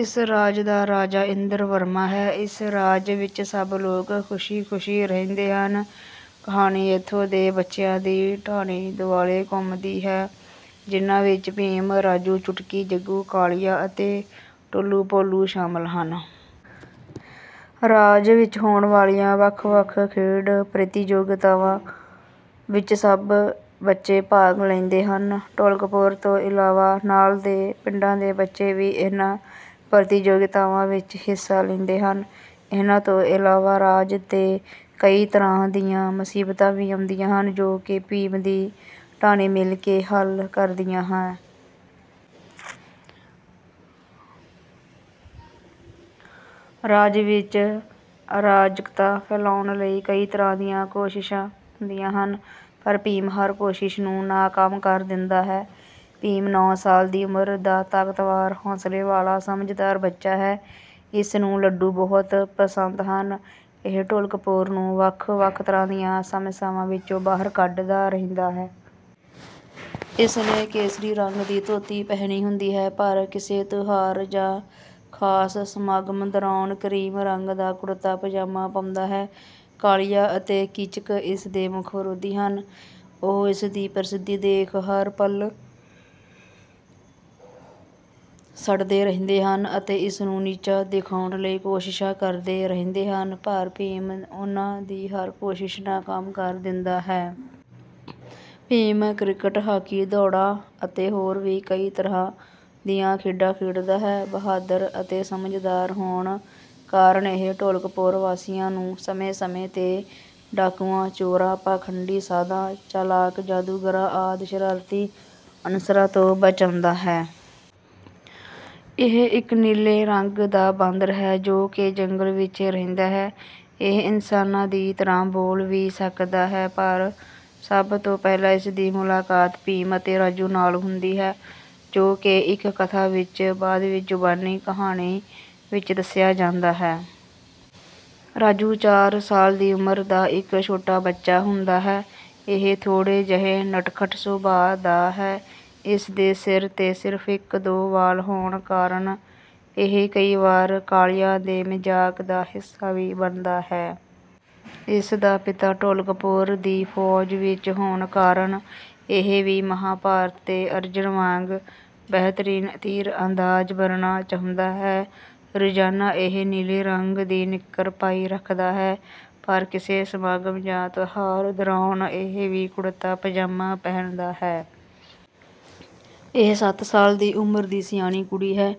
ਇਸ ਰਾਜ ਦਾ ਰਾਜਾ ਇੰਦਰਵਰਮਾ ਹੈ। ਇਸ ਰਾਜ ਵਿੱਚ ਸਭ ਲੋਕ ਖੁਸ਼ੀ ਖੁਸ਼ੀ ਰਹਿੰਦੇ ਹਨ। ਕਹਾਣੀ ਇੱਥੋਂ ਦੇ ਬੱਚਿਆਂ ਦੀ ਢਾਣੀ ਦੁਆਲੇ ਘੁੰਮਦੀ ਹੈ ਜਿੰਨਾ ਵਿੱਚ ਭੀਮ ਰਾਜੂ ਚੁਟਕੀ ਜੱਗੂ ਕਾਲੀਆ ਅਤੇ ਢੋਲੂ ਭੋਲੂ ਸ਼ਾਮਿਲ ਹਨ। ਰਾਜ ਵਿੱਚ ਹੋਣ ਵਾਲੀਆਂ ਵੱਖ ਵੱਖ ਖੇਡ ਪ੍ਰਤੀਯੋਗਿਤਾਵਾਂ ਵਿੱਚ ਇਹ ਸਭ ਬੱਚੇ ਭਾਗ ਲੈਂਦੇ ਹਨ। ਢੋਲਕਪੁਰ ਤੋਂ ਇਲਾਵਾ ਨਾਲ ਦੇ ਪਿੰਡਾਂ ਦੇ ਬੱਚੇ ਵੀ ਇਹਨਾਂ ਪ੍ਰਤੀਯੋਗਿਤਾਵਾਂ ਵਿੱਚ ਹਿੱਸਾ ਲੈਂਦੇ ਹਨ। ਇਹਨਾਂ ਤੋਂ ਇਲਾਵਾ ਰਾਜ ਤੇ ਕਈ ਤਰ੍ਹਾਂ ਦੀਆਂ ਮੁਸੀਬਤਾਂ ਵੀ ਆਉਂਦੀਆਂ ਹਨ ਜੋ ਕਿ ਭੀਮ ਦੀ ਢਾਣੀ ਮਿਲ ਕੇ ਹੱਲ ਕਰ ਦਿੰਦੀ ਹੈ। ਰਾਜ ਵਿੱਚ ਅਰਾਜਕਤਾ ਫੈਲਾਉਣ ਲਈ ਕਈ ਤਰ੍ਹਾਂ ਦੀਆਂ ਕੋਸ਼ਿਸ਼ਾਂ ਹੁੰਦੀਆਂ ਹਨ ਪਰ ਭੀਮ ਹਰ ਕੋਸ਼ਿਸ਼ ਨੂੰ ਨਾਕਾਮ ਕਰ ਦਿੰਦਾ ਹੈ। ਭੀਮ ਨੌ ਸਾਲ ਦੀ ਉਮਰ ਦਾ ਤਾਕਤਵਰ ਹੌਸਲੇ ਵਾਲਾ ਸਮਝਦਾਰ ਬੱਚਾ ਹੈ। ਇਸਨੂੰ ਲੱਡੂ ਬਹੁਤ ਪਸੰਦ ਹਨ ਇਹ ਢੋਲਕਪੁਰ ਨੂੰ ਵੱਖ ਵੱਖ ਤਰ੍ਹਾਂ ਦੀਆਂ ਸਮੱਸਿਆਵਾਂ ਵਿੱਚੋਂ ਬਾਹਰ ਕੱਢਦਾ ਰਹਿੰਦਾ ਹੈ। ਇਸਨੇ ਕੇਸਰੀ ਰੰਗ ਦੀ ਧੋਤੀ ਪਹਿਨੀ ਹੁੰਦੀ ਹੈ ਪਰ ਕਿਸੇ ਤਿਉਹਾਰ ਜਾਂ ਖਾਸ ਸਮਾਗਮ ਦੌਰਾਨ ਕਰੀਮ ਰੰਗ ਦਾ ਕੁੜਤਾ ਪਜਾਮਾ ਪਾਉਂਦਾ ਹੈ। ਕਾਲੀਆ ਅਤੇ ਕੀਚਕ ਇਸਦੇ ਮੁੱਖ ਵਿਰੋਧੀ ਹਨ। ਉਹ ਇਸਦੀ ਪ੍ਰਸਿੱਧੀ ਦੇਖ ਹਰ ਪਲ ਸੜਦੇ ਰਹਿੰਦੇ ਹਨ ਅਤੇ ਇਸਨੂੰ ਨੀਚਾ ਦਿਖਾਉਣ ਲਈ ਕੋਸ਼ਿਸ਼ਾਂ ਕਰਦੇ ਰਹਿੰਦੇ ਹਨ ਪਰ ਭੀਮ ਉਨ੍ਹਾਂ ਦੀ ਹਰ ਕੋਸ਼ਿਸ਼ ਨਾਕਾਮ ਕਰ ਦਿੰਦਾ ਹੈ। ਭੀਮ ਕ੍ਰਿਕਟ ਹਾਕੀ ਦੌੜਾਂ ਅਤੇ ਹੋਰ ਵੀ ਕਈ ਤਰ੍ਹਾਂ ਦੀਆਂ ਖੇਡਾਂ ਖੇਡਦਾ ਹੈ। ਬਹਾਦਰ ਅਤੇ ਸਮਝਦਾਰ ਹੋਣ ਕਾਰਨ ਇਹ ਢੋਲਕਪੁਰ ਵਾਸੀਆਂ ਨੂੰ ਸਮੇਂ ਸਮੇਂ ਤੇ ਡਾਕੂਆਂ ਚੋਰਾਂ ਪਖੰਡੀ ਸਾਧਾਂ ਚਲਾਕ ਜਾਦੂਗਰਾਂ ਆਦਿ ਸ਼ਰਾਰਤੀ ਅਨਸਰਾਂ ਤੋਂ ਬਚਾਉਂਦਾ ਹੈ। ਇਹ ਇੱਕ ਨੀਲੇ ਰੰਗ ਦਾ ਬਾਂਦਰ ਹੈ ਜੋ ਕਿ ਜੰਗਲ ਵਿੱਚ ਰਹਿੰਦਾ ਹੈ। ਇਹ ਇਨਸਾਨਾਂ ਦੀ ਤਰ੍ਹਾਂ ਬੋਲ ਵੀ ਸਕਦਾ ਹੈ। ਸਭ ਤੋਂ ਪਹਿਲਾਂ ਇਸਦੀ ਮੁਲਾਕਾਤ ਭੀਮ ਅਤੇ ਰਾਜੂ ਨਾਲ ਹੁੰਦੀ ਹੈ ਜੋ ਕਿ ਇੱਕ ਕਥਾ ਵਿੱਚ ਬਾਅਦ ਵਿੱਚ ਜ਼ੁਬਾਨੀ ਕਹਾਣੀ ਵਿੱਚ ਦੱਸਿਆ ਜਾਂਦਾ ਹੈ। ਰਾਜੂ ਚਾਰ ਸਾਲ ਦੀ ਉਮਰ ਦਾ ਇੱਕ ਛੋਟਾ ਬੱਚਾ ਹੁੰਦਾ ਹੈ। ਇਹ ਥੋੜ੍ਹੇ ਜਿਹੇ ਨਟਖਟ ਸੁਭਾਅ ਦਾ ਹੈ। ਇਸਦੇ ਸਿਰ ਤੇ ਸਿਰਫ ਇੱਕ ਦੋ ਵਾਲ ਹੋਣ ਕਾਰਨ ਇਹ ਕਈ ਵਾਰ ਕਾਲੀਆ ਦੇ ਮਜ਼ਾਕ ਦਾ ਹਿੱਸਾ ਵੀ ਬਣਦਾ ਹੈ। ਇਸਦਾ ਪਿਤਾ ਢੋਲਕਪੁਰ ਦੀ ਫੌਜ ਵਿੱਚ ਹੋਣ ਕਾਰਨ ਇਹ ਵੀ ਮਹਾਭਾਰਤ ਦੇ ਅਰਜੁਨ ਵਾਂਗ ਬਿਹਤਰੀਨ ਤੀਰਅੰਦਾਜ਼ ਬਣਨਾ ਚਾਹੁੰਦਾ ਹੈ। ਰੋਜ਼ਾਨਾ ਇਹ ਨੀਲੇ ਰੰਗ ਦੀ ਨਿੱਕਰ ਪਾਈ ਰੱਖਦਾ ਹੈ ਪਰ ਕਿਸੇ ਸਮਾਗਮ ਜਾਂ ਤਿਉਹਾਰ ਦੌਰਾਨ ਇਹ ਵੀ ਕੁੜਤਾ ਪਜਾਮਾ ਪਹਿਨਦਾ ਹੈ। ਇਹ ਸਤ ਸਾਲ ਦੀ ਉਮਰ ਦੀ ਸਿਆਣੀ ਕੁੜੀ ਹੈ।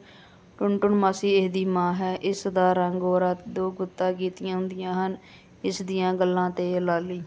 ਟੁਨਟੁਨ ਮਾਸੀ ਇਸਦੀ ਮਾਂ ਹੈ। ਇਸਦਾ ਰੰਗ ਗੋਰਾ ਦੋ ਗੁੱਤਾਂ ਕੀਤੀਆਂ ਹੁੰਦੀਆਂ ਹਨ ਅਤੇ ਇਸਦੀਆਂ ਗੱਲਾਂ ਤੇ ਲਾਲੀ